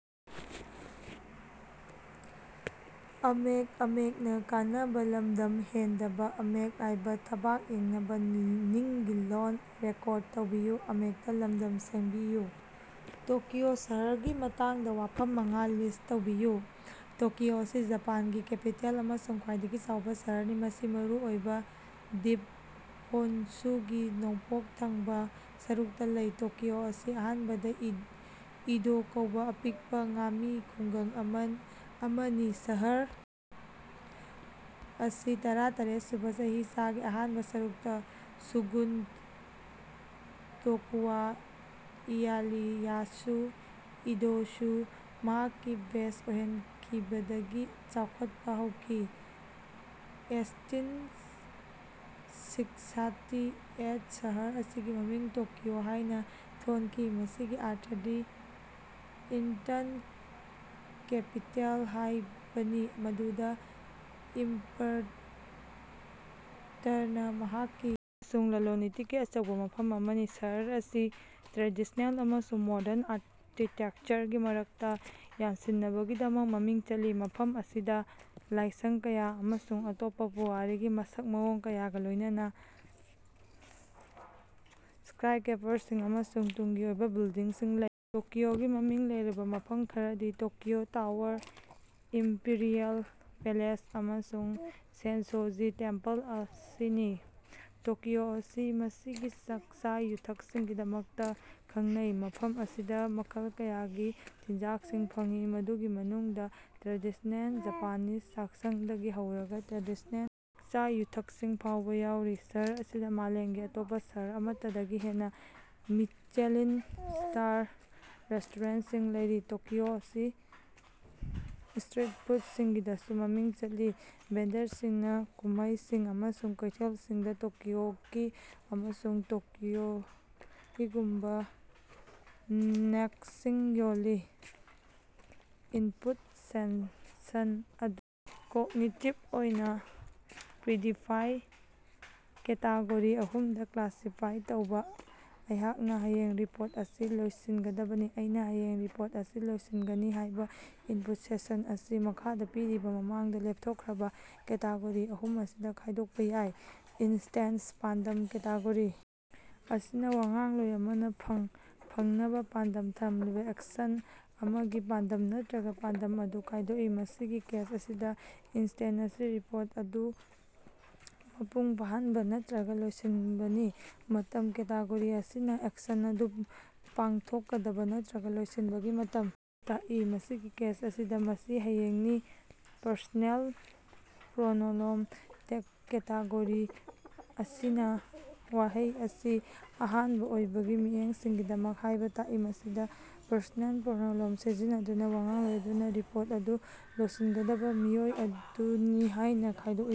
Tokyo ꯁꯍꯔꯒꯤ ꯃꯇꯥꯡꯗ ꯋꯥꯐꯝ ꯃꯉꯥ ꯂꯤꯁ ꯇꯧꯕꯤꯌꯨ꯫ ꯇꯣꯀꯤꯑꯣ ꯑꯁꯤ ꯖꯄꯥꯟꯒꯤ ꯀꯦꯄꯤꯇꯦꯜ ꯑꯃꯁꯨꯡ ꯈ꯭ꯋꯥꯏꯗꯒꯤ ꯆꯥꯎꯕ ꯁꯍꯔꯅꯤ ꯃꯁꯤ ꯃꯔꯨꯑꯣꯏꯕ ꯗꯕꯤꯞ ꯍꯣꯟꯁꯨꯒꯤ ꯅꯣꯡꯄꯣꯛ ꯊꯪꯕ ꯁꯔꯨꯛꯇ ꯂꯩ꯫ ꯇꯣꯀꯤꯑꯣ ꯑꯁꯤ ꯑꯍꯥꯟꯕꯗ ꯏꯗꯣ ꯀꯧꯕꯥ ꯑꯄꯤꯛꯄ ꯉꯥꯃꯤ ꯈꯨꯡꯒꯪ ꯑꯃꯅꯤ꯫ ꯁꯍꯔ ꯑꯁꯤ ꯇꯔꯥ ꯇꯔꯦꯠ ꯁꯨꯕ ꯆꯍꯤꯆꯥꯒꯤ ꯑꯍꯥꯟꯕ ꯁꯔꯨꯛꯇ ꯁꯣꯒꯨꯟ ꯇꯣꯀꯨꯒꯥꯋꯥ ꯏꯌꯦꯌꯥꯁꯨ ꯏꯗꯣꯕꯨ ꯃꯍꯥꯛꯀꯤ ꯕꯦꯖ ꯑꯣꯏꯍꯟꯈꯤꯕꯗꯒꯤ ꯆꯥꯎꯈꯠꯄ ꯍꯧꯈꯤ꯫ ꯑꯦꯠꯇꯤꯟ ꯁꯤꯛꯁꯇꯤ ꯑꯦꯠꯗ ꯁꯍꯔ ꯑꯁꯤꯒꯤ ꯃꯃꯤꯡ ꯇꯣꯀꯤꯑꯣ ꯍꯥꯏꯅ ꯊꯣꯟꯈꯤ ꯃꯁꯤꯒꯤ ꯑꯔꯊꯗꯤ ꯏꯁꯇꯔꯟ ꯀꯦꯄꯤꯇꯦꯜ ꯍꯥꯏꯕꯅꯤ ꯃꯗꯨꯗ ꯏꯝꯄꯥꯔꯇꯔꯅ ꯃꯍꯥꯛꯀꯤ ꯑꯃꯁꯨꯡ ꯂꯂꯣꯟ ꯏꯇꯤꯛꯀꯤ ꯑꯆꯧꯕ ꯃꯐꯝ ꯑꯃꯅꯤ꯫ ꯁꯍꯔ ꯑꯁꯤ ꯇ꯭ꯔꯦꯗꯤꯁꯅꯦꯜ ꯑꯃꯁꯨꯡ ꯃꯣꯔꯗꯟ ꯑꯥꯔꯀꯤꯇꯦꯛꯆꯔꯒꯤ ꯃꯔꯛꯇ ꯌꯥꯟꯁꯤꯟꯅꯕꯒꯤꯗꯃꯛ ꯃꯃꯤꯡ ꯆꯠꯂꯤ ꯃꯐꯝ ꯑꯁꯤꯗ ꯂꯥꯏꯁꯪ ꯀꯌꯥ ꯑꯃꯁꯨꯡ ꯑꯇꯣꯞꯄ ꯄꯨꯋꯥꯔꯤꯒꯤ ꯃꯁꯛ ꯃꯑꯣꯡ ꯀꯌꯥꯒ ꯂꯣꯌꯅꯅ ꯁ꯭ꯀꯥꯏꯁꯀꯔꯦꯄꯔꯁꯤꯡ ꯑꯃꯁꯨꯡ ꯇꯨꯡꯒꯤ ꯑꯣꯏꯕ ꯕꯤꯜꯗꯤꯡꯁꯤꯡ ꯂꯩ꯫ ꯇꯣꯀꯤꯑꯣꯒꯤ ꯃꯃꯤꯡ ꯂꯩꯔꯕ ꯃꯐꯝ ꯈꯔꯗꯤ ꯇꯣꯀꯤꯑꯣ ꯇꯋꯥꯔ ꯏꯝꯄꯤꯔꯤꯑꯦꯜ ꯄꯦꯂꯦꯁ ꯑꯃꯁꯨꯡ ꯁꯦꯟꯁꯣ ꯖꯤ ꯇꯦꯝꯄꯜ ꯑꯁꯤꯅꯤ꯫ ꯇꯣꯀꯤꯑꯣ ꯑꯁꯤ ꯃꯁꯤꯒꯤ ꯆꯥꯛꯆ ꯌꯨꯊꯛꯁꯤꯡꯒꯤꯗꯃꯛꯇꯁꯨ ꯈꯉꯅꯩ ꯃꯐꯝ ꯑꯁꯤꯗ ꯃꯈꯜ ꯀꯌꯥꯒꯤ ꯆꯤꯟꯖꯥꯛꯁꯤꯡ ꯐꯪꯏ ꯃꯗꯨꯒꯤ ꯃꯅꯨꯡꯗ ꯇ꯭ꯔꯦꯗꯤꯁꯅꯦꯜ ꯖꯄꯥꯅꯤꯁ ꯆꯥꯛꯁꯪꯗꯒꯤ ꯍꯧꯔꯒ ꯏꯟꯇꯔꯅꯦꯁꯅꯦꯜ ꯆꯥꯛꯆ ꯌꯨꯊꯛꯁꯤꯡ ꯐꯥꯎꯕ ꯌꯥꯎꯔꯤ꯫ ꯁꯍꯔ ꯑꯁꯤꯗ ꯃꯥꯂꯦꯝꯒꯤ ꯑꯇꯣꯞꯄ ꯁꯍꯔ ꯑꯃꯠꯇꯗꯒꯤ ꯍꯦꯟꯅꯥ ꯃꯤꯆꯦꯂꯤꯟ ꯁ꯭ꯇꯥꯔ ꯔꯦꯁꯇꯣꯔꯦꯟꯁꯤꯡ ꯂꯩꯔꯤ꯫ ꯇꯣꯀꯤꯑꯣ ꯑꯁꯤ ꯁꯇꯔꯤꯠ ꯐꯨꯠꯀꯤꯗꯃꯛꯇꯁꯨ ꯃꯃꯤꯡ ꯆꯠꯂꯤ ꯚꯦꯟꯗꯔꯁꯤꯡꯅ ꯀꯨꯝꯃꯩꯁꯤꯡ ꯑꯃꯁꯨꯡ ꯀꯩꯊꯦꯜꯁꯤꯡꯗ ꯇꯥꯀꯣꯌꯥꯀꯤ ꯑꯃꯁꯨꯡ ꯌꯥꯀꯤꯇꯣꯔꯤꯒꯨꯝꯕ ꯁꯅꯦꯛꯁꯤꯡ ꯌꯣꯜꯂꯤ꯫ ꯏꯟꯄꯨꯠ ꯁꯦꯟꯁꯟ ꯑꯗꯨ ꯀꯣꯒꯅꯤꯇꯤꯚ ꯑꯣꯏꯅ ꯄꯔꯤꯗꯤꯐꯥꯏꯠ ꯀꯦꯇꯦꯒꯣꯔꯤ ꯑꯍꯨꯝꯗ ꯀ꯭ꯂꯥꯁꯤꯐꯥꯏ ꯇꯧꯕ꯫ ꯑꯩꯍꯥꯛꯅ ꯍꯌꯦꯡ ꯔꯤꯄꯣꯔꯠ ꯑꯁꯤ ꯂꯣꯏꯁꯤꯟꯒꯅꯤ꯫ ꯑꯩꯅ ꯍꯌꯦꯡ ꯔꯤꯄꯣꯔꯠ ꯑꯁꯤ ꯂꯣꯏꯁꯤꯟꯒꯅꯤ ꯍꯥꯏꯕ ꯏꯟꯄꯨꯠ ꯁꯦꯟꯁꯟ ꯑꯁꯤ ꯃꯈꯥꯗ ꯄꯤꯔꯤꯕ ꯃꯃꯥꯡꯗ ꯂꯦꯞꯊꯣꯛꯈ꯭ꯔꯕ ꯀꯦꯇꯦꯒꯣꯔꯤ ꯑꯍꯨꯝ ꯑꯁꯤꯗ ꯈꯥꯏꯗꯣꯛꯄ ꯌꯥꯏ ꯏꯟꯇꯦꯟꯁ ꯄꯥꯟꯗꯝ ꯀꯦꯇꯦꯒꯣꯔꯤ ꯑꯁꯤꯅ ꯋꯥꯉꯥꯡꯂꯣꯏ ꯑꯃꯅ ꯐꯪꯅꯕ ꯄꯥꯟꯗꯝ ꯊꯝꯂꯤꯕ ꯑꯦꯛꯁꯟ ꯑꯃꯒꯤ ꯄꯥꯟꯗꯝ ꯅꯠꯇ꯭ꯔꯒ ꯄꯥꯟꯗꯝ ꯑꯗꯨ ꯈꯪꯗꯣꯛꯏ꯫ ꯃꯁꯤꯒꯤ ꯀꯦꯁ ꯑꯁꯤꯗ ꯏꯟꯇꯦꯟꯁ ꯑꯁꯤ ꯔꯤꯄꯣꯔꯠ ꯑꯗꯨ ꯃꯄꯨꯡ ꯐꯥꯍꯟꯕ ꯅꯠꯇ꯭ꯔꯒ ꯂꯣꯏꯁꯤꯟꯕꯅꯤ꯫ ꯃꯇꯝ ꯀꯦꯇꯦꯒꯣꯔꯤ ꯑꯁꯤꯅ ꯑꯦꯛꯁꯟ ꯑꯗꯨ ꯄꯥꯡꯊꯣꯛꯀꯗꯕ ꯅꯠꯇ꯭ꯔꯒ ꯂꯣꯏꯁꯤꯟꯕꯒꯤ ꯃꯇꯝ ꯑꯗꯨ ꯇꯥꯛꯏ ꯃꯁꯤꯒꯤ ꯀꯦꯁ ꯑꯁꯤꯗ ꯃꯁꯤ ꯍꯌꯦꯡꯅꯤ꯫ ꯄꯔꯁꯣꯅꯦꯜ ꯄꯔꯣꯅꯣꯅꯣꯝ ꯀꯦꯇꯦꯒꯣꯔꯤ ꯑꯁꯤꯅ ꯋꯥꯍꯩ ꯑꯁꯤ ꯑꯍꯥꯟꯕ ꯃꯤꯑꯣꯏꯒꯤ ꯃꯤꯠꯌꯦꯡꯗꯒꯤꯅꯤ ꯍꯥꯏꯕ ꯇꯥꯛꯏ ꯃꯁꯤꯗ ꯄꯔꯁꯣꯅꯦꯜ ꯄꯔꯣꯅꯣꯅꯣꯝ ꯁꯤꯖꯤꯟꯅꯗꯨꯅ ꯋꯥꯉꯥꯡꯂꯣꯏ ꯑꯗꯨꯕꯨ ꯔꯤꯄꯣꯔꯠ ꯑꯗꯨ ꯂꯣꯏꯁꯤꯟꯒꯗꯕ ꯃꯤꯑꯣꯏ ꯑꯗꯨꯅꯤ ꯍꯥꯏꯅ ꯈꯪꯗꯣꯛꯏ꯫